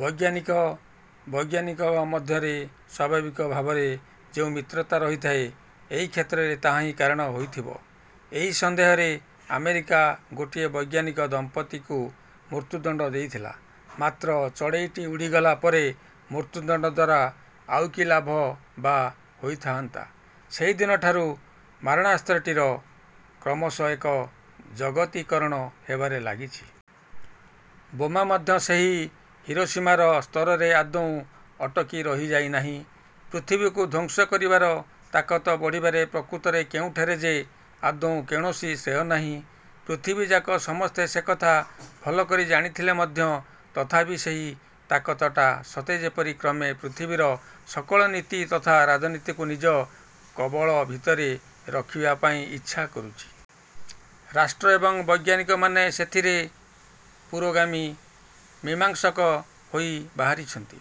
ବୈଜ୍ଞାନିକ ବୈଜ୍ଞାନିକଙ୍କ ମଧ୍ୟରେ ସ୍ୱାଭାବିକ ଭାବରେ ଯେଉଁ ମିତ୍ରତା ରହିଥାଏ, ଏହି କ୍ଷେତ୍ରରେ ତାହାହିଁ କାରଣ ହୋଇଥିବ। ଏହି ସନ୍ଦେହରେ ଆମେରିକା ଗୋଟିଏ ବୈଜ୍ଞାନିକ ଦମ୍ପତିକୁ ମୃତ୍ୟୁଦଣ୍ଡ ଦେଇଥିଲା। ମାତ୍ର ଚଢ଼େଇଟି ଉଡ଼ିଗଲା ପରେ ମୃତ୍ୟୁଦଣ୍ଡ ଦ୍ଵାରା ଆଉ କି ଲାଭ ବା ହୋଇଥାଆନ୍ତା? ସେହିଦିନଠାରୁ ମାରଣାସ୍ତ୍ରଟିର କ୍ରମଶଃ ଏକ ଜଗତୀକରଣ ହେବାରେ ଲାଗିଛି। ବୋମା ମଧ୍ୟ ସେହି ହିରୋସୀମାର ସ୍ତରରେ ଆଦୌ ଅଟକି ରହିଯାଇ ନାହିଁ। ପୃଥିବୀକୁ ଧ୍ୱଂସ କରିବାର ତାକତ ବଢ଼ିବାରେ ପ୍ରକୃତରେ କେଉଁଠାରେ ଯେ ଆଦୌ କୌଣସି ଶ୍ରେୟ ନାହିଁ,। ପୃଥିବୀଯାକ ସମସ୍ତେ ସେକଥା ଭଲକରି ଜାଣିଥିଲେ ମଧ୍ୟ ତଥାପି ସେହି ତାକତଟା ସତେଯେପରି କ୍ରମେ ପୃଥିବୀର ସକଳ ନୀତି ତଥା ରାଜନୀତିକୁ ନିଜ କବଳ ଭିତରେ ରଖିବା ପାଇଁ ଇଚ୍ଛା କରୁଛି। ରାଷ୍ଟ୍ର ଏବଂ ବୈଜ୍ଞାନିକମାନେ ସେଥିରେ ପୁରୋଗାମୀ ମୀମାଂସକ ହୋଇ ବାହାରିଛନ୍ତି।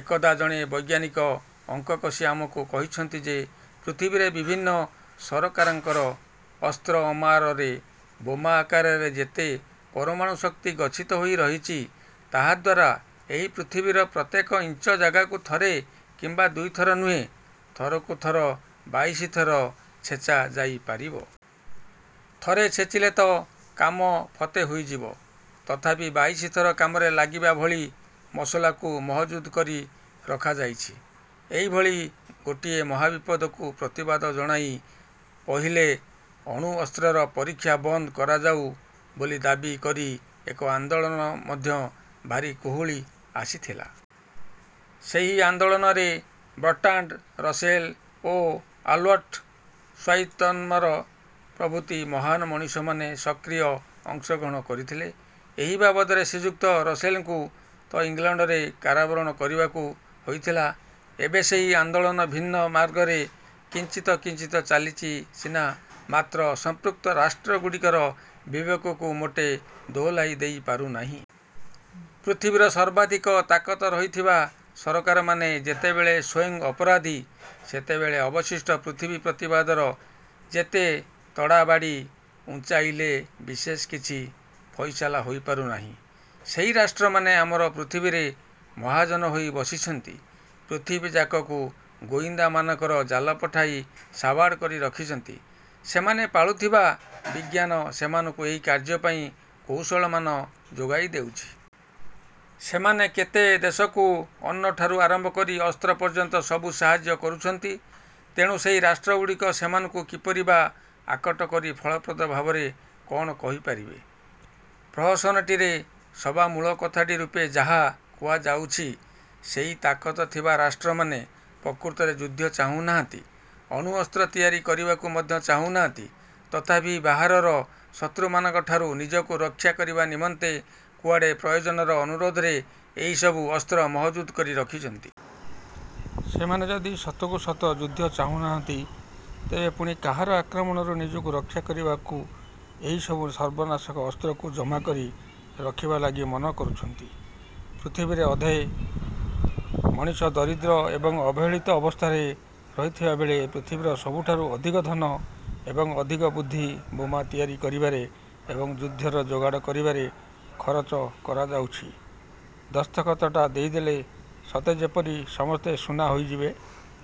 ଏକଦା ଜଣେ ବୈଜ୍ଞାନିକ ଅଙ୍କ କଷି ଆମକୁ କହିଛନ୍ତି ଯେ, ପୃଥିବୀରେ ବିଭିନ୍ନ ସରକାରଙ୍କର ଅସ୍ତ୍ରଅମାରରେ ବୋମା ଆକାରରେ ଯେତେ ପରମାଣୁଶକ୍ତି ଗଚ୍ଛିତ ହୋଇରହିଛି, ତାହାଦ୍ଵାରା ଏହି ପୃଥିବୀର ପ୍ରତ୍ୟେକ ଇଞ୍ଚ ଜାଗାକୁ ଥରେ କିମ୍ବା ଦୁଇଥର ନୁହେଁ, ଥରକୁ ଥର ବାଇଶିଥର ଛେଚା ଯାଇପାରିବ। ଥରେ ଛେଚିଲେ ତ କାମ ଫତେ ହୋଇଯିବ; ତଥାପି ବାଇଶିଥର କାମରେ ଲାଗିବା ଭଳି ମସଲାକୁ ମହଜୁଦ କରି ରଖାଯାଇଛି। ଏହିଭଳି ଗୋଟିଏ ମହାବିପଦକୁ ପ୍ରତିବାଦ ଜଣାଇ ପହିଲେ ଅଣୁଅସ୍ତ୍ରର ପରୀକ୍ଷା ବନ୍ଦ କରାଯାଉ ବୋଲି ଦାବି କରି ଏକ ଆନ୍ଦୋଳନ ମଧ୍ୟ ଭାରି କୁହୁଳି ଆସିଥିଲା। ସେହି ଆନ୍ଦୋଳନରେ ବର୍ଟ୍ରାଣ୍ଡ ରସେଲ ଓ ଆଲ୍ବର୍ଟ ଶ୍ୱାଇତ୍ଜର ପ୍ରଭୃତି ମହାନ ମଣିଷମାନେ ସକ୍ରିୟ ଅଂଶଗ୍ରହଣ କରିଥିଲେ। ଏହି ବାବଦରେ ଶ୍ରୀଯୁକ୍ତ ରସେଲଙ୍କୁ ତ ଇଂଲଣ୍ଡରେ କାରାବରଣ କରିବାକୁ ହୋଇଥିଲା। ଏବେ ସେହି ଆନ୍ଦୋଳନ ଭିନ୍ନ ମାର୍ଗରେ କିଞ୍ଚିତ କିଞ୍ଚିତ ଚାଲିଛି ସିନା, ମାତ୍ର ସଂପୃକ୍ତ ରାଷ୍ଟ୍ର ଗୁଡ଼ିକର ବିବେକକୁ ମୋଟେ ଦୋହଲାଇ ଦେଇ ପାରୁନାହିଁ। ପୃଥିବୀର ସର୍ବାଧିକ ତାକତ ରହିଥିବା ସରକାରମାନେ ଯେତେବେଳେ ସ୍ୱୟଂ ଅପରାଧୀ, ସେତେବେଳେ ଅବଶିଷ୍ଟ ପୃଥିବୀ ପ୍ରତିବାଦର ଯେତେ ତଡ଼ାବାଡ଼ି ଉଞ୍ଚାଇଲେ ବିଶେଷ କିଛି ଫଇସଲା ହୋଇପାରୁ ନାହିଁ। ସେହି ରାଷ୍ଟ୍ରମାନେ ଆମର ପୃଥିବୀରେ ମହାଜନ ହୋଇ ବସିଛନ୍ତି- ପୃଥିବୀଯାକକୁ ଗୋଇନ୍ଦାମାନଙ୍କର ଜାଲ ପଠାଇ ସାବାଡ଼ କରି ରଖିଛନ୍ତି, ସେମାନେ ପାଳୁଥିବା ବିଜ୍ଞାନ ସେମାନଙ୍କୁ ଏହି କାର୍ଯ୍ୟପାଇଁ କୌଶଳମାନ ଯୋଗାଇ ଦେଉଛି। ସେମାନେ କେତେ ଦେଶକୁ ଅନ୍ନଠାରୁ ଆରମ୍ଭ କରି ଅସ୍ତ୍ର ପର୍ଯ୍ୟନ୍ତ ସବୁ ସାହାଯ୍ୟ କରୁଛନ୍ତି। ତେଣୁ ସେହି ରାଷ୍ଟ୍ରଗୁଡ଼ିକ ସେମାନଙ୍କୁ କିପରି ବା ଆକଟ କରି ଫଳପ୍ରଦ ଭାବରେ କ'ଣ କହିପାରିବେ? ପ୍ରହସନଟିରେ ସବାମୂଳ କଥାଟି ରୂପେ ଯାହା କୁହାଯାଉଛି, ସେହି ତାକତ ଥିବା ରାଷ୍ଟ୍ରମାନେ ପ୍ରକୃତରେ ଯୁଦ୍ଧ ଚାହୁନାହାନ୍ତି, ଅଣୁଅସ୍ତ୍ର ତିଆରି କରିବାକୁ ମଧ୍ୟ ଚାହୁନାହାନ୍ତି, ତଥାପି ବାହାରର ଶତ୍ରୁମାନଙ୍କ ଠାରୁ ନିଜକୁ ରକ୍ଷା କରିବା ନିମନ୍ତେ କୁଆଡ଼େ ପ୍ରୟୋଜନର ଅନୁରୋଧରେ ଏହି ସବୁ ଅସ୍ତ୍ର ମହଜୁଦ କରି ରଖିଛନ୍ତି। ସେମାନେ ଯଦି ସତକୁ ସତ ଯୁଦ୍ଧ ଚାହୁନାହାନ୍ତି, ତେବେ ପୁଣି କାହାର ଆକ୍ରମଣରୁ ନିଜକୁ ରକ୍ଷା କରିବାକୁ ଏହିସବୁ ସର୍ବନାଶକ ଅସ୍ତ୍ରକୁ ଜମାକରି ରଖିବା ଲାଗି ମନ କରୁଛନ୍ତି? ପୃଥିବୀରେ ଅଧେ ମଣିଷ ଦରିଦ୍ର ଏବଂ ଅବହେଳିତ ଅବସ୍ଥାରେ ରହିଥିବାବେଳେ ପୃଥିବୀର ସବୁଠାରୁ ଅଧିକ ଧନ ଏବଂ ଅଧିକ ବୁଦ୍ଧି ବୋମା ତିଆରି କରିବାରେ ଏବଂ ଯୁଦ୍ଧର ଯୋଗାଡ଼ କରିବାରେ ଖରଚ କରାଯାଉଛି। ଦସ୍ତଖତଟା ଦେଇଦେଲେ ସତେଯେପରି ସମସ୍ତେ ସୁନା ହୋଇଯିବେ